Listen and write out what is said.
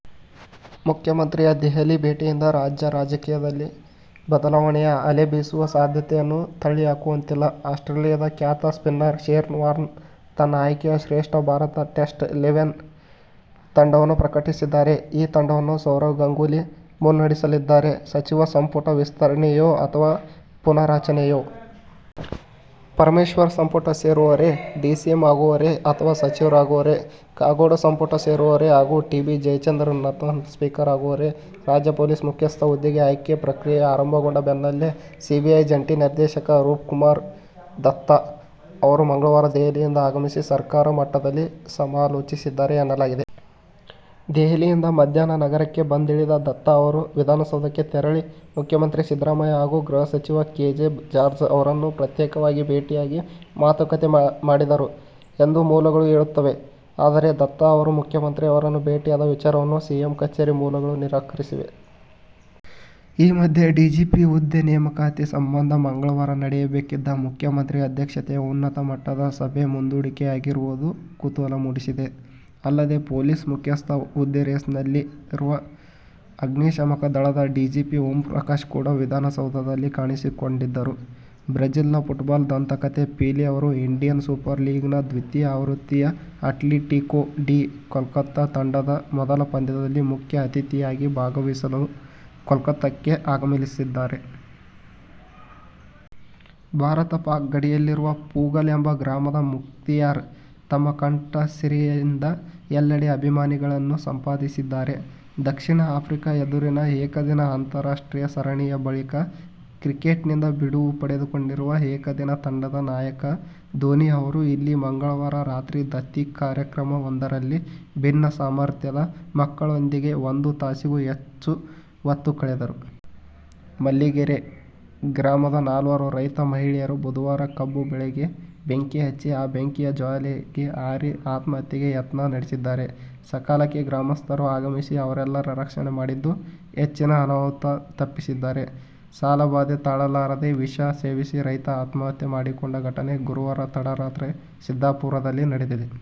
ಮುಖ್ಯಮಂತ್ರಿಯ ದೆಹಲಿ ಭೇಟಿಯಿಂದ ರಾಜ್ಯ ರಾಜಕೀಯದಲ್ಲಿ ಬದಲಾವಣೆಯ ಅಲೆ ಬೀಸುವ ಸಾಧ್ಯತೆಯನ್ನು ತಳ್ಳಿಹಾಕುವಂತಿಲ್ಲ. ಆಸ್ಟ್ರೇಲಿಯದ ಖ್ಯಾತ ಸ್ಪಿನ್ನರ್ ಶೇನ್ ವಾರ್ನ್ ತನ್ನ ಆಯ್ಕೆಯ ಶ್ರೇಷ್ಠ ಭಾರತ ಟೆಸ್ಟ್ ಇಲೆವೆನ್ ತಂಡವನ್ನು ಪ್ರಕಟಿಸಿದ್ದಾರೆ. ಈ ತಂಡವನ್ನು ಸೌರವ್ ಗಂಗೂಲಿ ಮುನ್ನಡೆಸಲಿದ್ದಾರೆ. ಸಚಿವ ಸಂಪುಟ ವಿಸ್ತರಣೆಯೋ ಅಥವಾ ಪುನಾರಚನೆಯೋ? ಪರಮೇಶ್ವರ್ ಸಂಪುಟ ಸೇರುವರೇ, ಡಿಸಿಎಂ ಆಗುವರೇ ಅಥವಾ ಸಚಿವರಾಗುವರೇ? ಕಾಗೋಡು ಸಂಪುಟ ಸೇರುವರೇ ಹಾಗೂ ಟಿ. ಬಿ. ಜಯಚಂದ್ರ ನೂತನ ಸ್ಪೀಕರ್ ಆಗುವರೇ? ರಾಜ್ಯ ಪೊಲೀಸ್ ಮುಖ್ಯಸ್ಥ ಹುದ್ದೆಗೆ ಆಯ್ಕೆ ಪ್ರಕ್ರಿಯೆ ಆರಂಭಗೊಂಡ ಬೆನ್ನಲ್ಲೇ ಸಿಬಿಐ ಜಂಟಿ ನಿರ್ದೇಶಕ ರೂಪ್ ಕುಮಾರ್ ದತ್ತಾ ಅವರು ಮಂಗಳವಾರ ದೆಹಲಿಯಿಂದ ಆಗಮಿಸಿ ಸರ್ಕಾರ ಮಟ್ಟದಲ್ಲಿ ಸಮಾಲೋಚಿಸಿದ್ದಾರೆ ಎನ್ನಲಾಗಿದೆ. ದೆಹಲಿಯಿಂದ ಮಧ್ಯಾಹ್ನ ನಗರಕ್ಕೆ ಬಂದಿಳಿದ ದತ್ತಾ ಅವರು, ವಿಧಾನಸೌಧಕ್ಕೆ ತೆರಳಿ ಮುಖ್ಯಮಂತ್ರಿ ಸಿದ್ದರಾಮಯ್ಯ ಹಾಗೂ ಗೃಹ ಸಚಿವ ಕೆ. ಜೆ. ಜಾರ್ಜ್ ಅವರನ್ನು ಪ್ರತ್ಯೇಕವಾಗಿ ಭೇಟಿಯಾಗಿ ಮಾತುಕತೆ ಮಾಡಿದರು ಎಂದು ಮೂಲಗಳು ಹೇಳುತ್ತವೆ. ಆದರೆ, ದತ್ತಾ ಅವರು ಮುಖ್ಯಮಂತ್ರಿ ಅವರನ್ನು ಭೇಟಿಯಾದ ವಿಚಾರವನ್ನು ಸಿಎಂ ಕಚೇರಿ ಮೂಲಗಳು ನಿರಾಕರಿಸಿವೆ. ಈ ಮಧ್ಯೆ ಡಿಜಿಪಿ ಹುದ್ದೆ ನೇಮಕಾತಿ ಸಂಬಂಧ ಮಂಗಳವಾರ ನಡೆಯಬೇಕಿದ್ದ ಮುಖ್ಯಮಂತ್ರಿ ಅಧ್ಯಕ್ಷತೆಯ ಉನ್ನತ ಮಟ್ಟದ ಸಭೆ ಮುಂದೂಡಿಕೆಯಾಗಿರುವುದು ಕುತೂಹಲ ಮೂಡಿಸಿದೆ. ಅಲ್ಲದೆ ಪೊಲೀಸ್ ಮುಖ್ಯಸ್ಥ ಹುದ್ದೆ ರೇಸ್ನಲ್ಲಿರುವ ಅಗ್ನಿಶಾಮಕ ದಳದ ಡಿಜಿಪಿ ಓಂಪ್ರಕಾಶ್ ಕೂಡ ವಿಧಾನಸೌಧಲ್ಲಿ ಕಾಣಿಸಿಕೊಂಡಿದ್ದರು. ಬ್ರಝಿಲ್ನ ಫುಟ್ಬಾಲ್ ದಂತಕತೆ ಪೀಲೆ ಅವರು ಇಂಡಿಯನ್ ಸೂಪರ್ ಲೀಗ್ ನ ದ್ವಿತೀಯ ಆವೃತ್ತಿಯ ಅಟ್ಲೆಟಿಕೊ ಡಿ ಕೋಲ್ಕತಾ ತಂಡದ ಮೊದಲ ಪಂದ್ಯದಲ್ಲಿ ಮಖ್ಯ ಅತಿಥಿಯಾಗಿ ಭಾಗವಹಿಸಲು ಕೋಲ್ಕತಾಕ್ಕೆ ಆಗಮಿಸಲಿದ್ದಾರೆ. ಭಾರತ-ಪಾಕ್ ಗಡಿಯಲ್ಲಿರುವ ಪೂಗಲ್ ಎಂಬ ಗ್ರಾಮದ ಮುಖ್ತಿಯಾರ್, ತಮ್ಮ ಕಂಠಸಿರಿಯಿಂದ ಎಲ್ಲೆಡೆ ಅಭಿಮಾನಿಗಳನ್ನು ಸಂಪಾದಿಸಿದ್ದಾರೆ. ದಕ್ಷಿಣ ಆಫ್ರಿಕಾ ಎದುರಿನ ಏಕದಿನ ಅಂತಾರಾಷ್ಟ್ರೀಯ ಸರಣಿಯ ಬಳಿಕ ಕ್ರಿಕೆಟ್ನಿಂದ ಬಿಡುವು ಪಡೆದುಕೊಂಡಿರುವ ಏಕದಿನ ತಂಡದ ನಾಯಕ ಧೋನಿ ಅವರು ಇಲ್ಲಿ ಮಂಗಳವಾರ ರಾತ್ರಿ ದತ್ತಿ ಕಾರ್ಯಕ್ರಮ ವೊಂದರಲ್ಲಿ ಭಿನ್ನ ಸಾಮರ್ಥ್ಯದ ಮಕ್ಕಳೊಂದಿಗೆ ಒಂದು ತಾಸಿಗೂ ಹೆಚ್ಚು ಹೊತ್ತು ಕಳೆದರು. ಮಲ್ಲಿಗೆರೆ ಗ್ರಾಮದ ನಾಲ್ವರು ರೈತ ಮಹಿಳೆಯರು ಬುಧವಾರ ಕಬ್ಬು ಬೆಳೆಗೆ ಬೆಂಕಿ ಹಚ್ಚಿ, ಆ ಬೆಂಕಿಯ ಜ್ವಾಲೆಗೆ ಹಾರಿ ಆತ್ಮಹತ್ಯೆಗೆ ಯತ್ನ ನಡೆಸಿದ್ದಾರೆ. ಸಕಾಲಕ್ಕೆ ಗ್ರಾಮಸ್ಥರು ಆಗಮಿಸಿ ಅವರೆಲ್ಲರ ರಕ್ಷಣೆ ಮಾಡಿದ್ದು, ಹೆಚ್ಚಿನ ಅನಾಹುತ ತಪ್ಪಿಸಿದ್ದಾರೆ. ಸಾಲಬಾಧೆ ತಾಳಲಾರದೆ ವಿಷ ಸೇವಿಸಿ ರೈತ ಆತ್ಮಹತ್ಯೆ ಮಾಡಿಕೊಂಡ ಘಟನೆ ಗುರುವಾರ ತಡರಾತ್ರಿ ಸಿದ್ದಾಪುರದಲ್ಲಿ ನಡೆದಿದೆ.